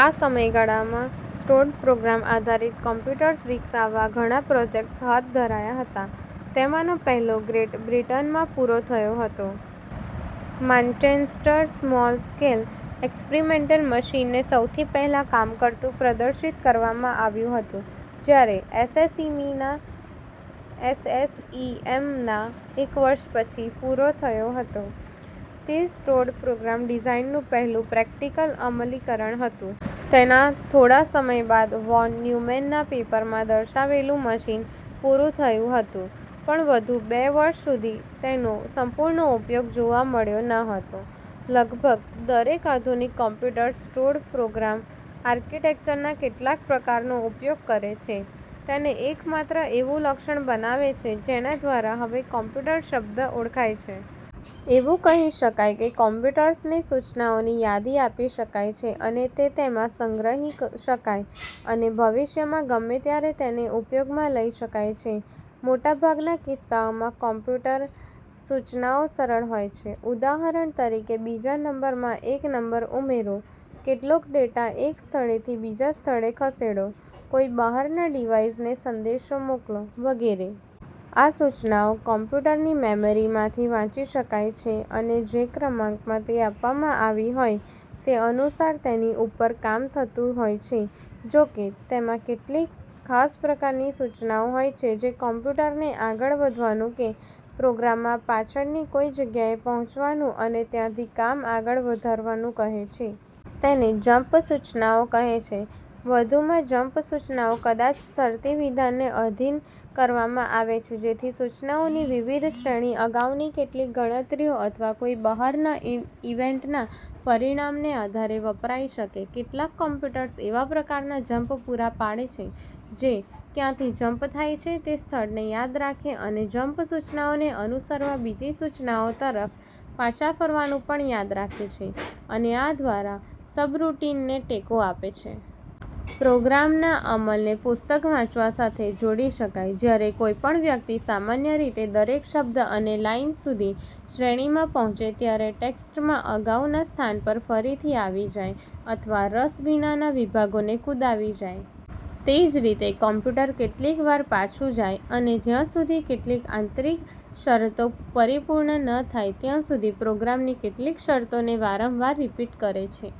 આ સમયગાળામાં સ્ટોર્ડ-પ્રોગ્રામ આધારિત કમ્પ્યુટર્સ વિકસાવવા ઘણાં પ્રોજેક્ટ્સ હાથ ધરાયા હતા, તેમાંનો પહેલો ગ્રેટ બ્રિટનમાં પુરો થયો હતો. માન્ચેસ્ટર સ્મોલ-સ્કેલ એક્સપેરિમેન્ટલ મશીન ને સૌથી પહેલા કામ કરતું પ્રદર્શિત કરવામાં આવ્યું હતું, જ્યારે SSEMનાં એક વર્ષ પછી પુરો થયો હતો, તે સ્ટોર્ડ પ્રોગ્રામ ડિઝાઇનનું પહેલું પ્રેક્ટિકલ અમલીકરણ હતું. તેના થોડા સમય બાદ વોન ન્યુમેનના પેપરમાં દર્શાવાયેલુ મશીન પુરૂ થયું હતું પણ વધુ બે વર્ષ સુધી તેનો સંપૂર્ણ ઉપયોગ જોવા મળ્યો નહોતો. લગભગ દરેક આધુનિક કમ્પ્યુટર્સ સ્ટોર્ડ પ્રોગ્રામ આર્કિટેક્ચરના કેટલાંક પ્રકારનો ઉપયોગ કરે છે, તેને એકમાત્ર એવુ લક્ષણ બનાવે છે જેના દ્વારા હવે "કમ્પ્યુટર" શબ્દ ઓળખાય છે. એવુ કહી શકાય કે કમ્પ્યુટરને સૂચનાઓની યાદી આપી શકાય છે અને તે તેમાં સંગ્રહી શકાય અને ભવિષ્યમાં ગમે ત્યારે તેને ઉપયોગમાં લઇ શકાય છે. મોટાભાગના કિસ્સાઓમાં, કમ્પ્યુટર સૂચનાઓ સરળ હોય છે. ઉદાહરણ તરીકે બીજા નંબરમાં એક નંબર ઉમેરો, કેટલોક ડેટા એક સ્થળેથી બીજા સ્થળે ખસેડો, કોઇ બહાર ના ડિવાઇસ ને સંદેશો મોકલો, વગેરે. આ સૂચનાઓ કમ્પ્યુટરની મેમરી માંથી વાંચી શકાય છે અને જે ક્રમાંકમાં તે આપવામાં આવી હોય તે અનુસાર તેની ઉપર કામ થતું હોય છે. જોકે, તેમાં કેટલીક ખાસ પ્રકારની સૂચનાઓ હોય છે જે કમ્પ્યુટરને આગળ વધવાનું કે પ્રોગ્રામમાં પાછળની કોઇ જગ્યાએ પહોચવાનું અને ત્યાંથી કામ આગળ વધારવાનું કહે છે. તેને "જમ્પ" સૂચનાઓ કહે છે. વધુમાં, જમ્પ સૂચનાઓ કદાચ શરતી વિધાનને આધિન કરવામાં આવે છે જેથી સૂચનાઓની વિવિધ શ્રેણી અગાઉની કેટલીક ગણતરીઓ અથવા કોઇ બહાર ના ઇવેન્ટ ના પરિણામને આધારે વપરાઇ શકે. કેટલાંક કમ્પ્યુટર્સ એવા પ્રકારના જમ્પ પુરા પાડે છે જે ક્યાંથી જમ્પ થાય છે તે સ્થળને યાદ રાખે અને જમ્પ સૂચનાઓને અનુસરવા બીજી સૂચનાઓ તરફ પાછા ફરવાનું પણ યાદ રાખે છે અને આ દ્વારા સબરૂટિનને ટેકો આપે છે. પ્રોગ્રામના અમલને પુસ્તક વાંચવા સાથે જોડી શકાય. જ્યારે કોઇ પણ વ્યક્તિ સામાન્ય રીતે દરેક શબ્દ અને લાઇન સુધી શ્રેણીમાં પહોંચે ત્યારે, ટેક્સ્ટમાં અગાઉના સ્થાન પર ફરીથી આવી જાય અથવા રસ વિનાના વિભાગોને કૂદાવી જાય. તેજ રીતે કમ્પ્યુટર કેટલીકવાર પાછુ જાય અને જ્યા સુધી કેટલીક આંતરિક શરતો પરિપૂર્ણ ન થાય ત્યા સુધી પ્રોગ્રામની કેટલીક શરતોને વારંવાર રીપીટ કરે છે.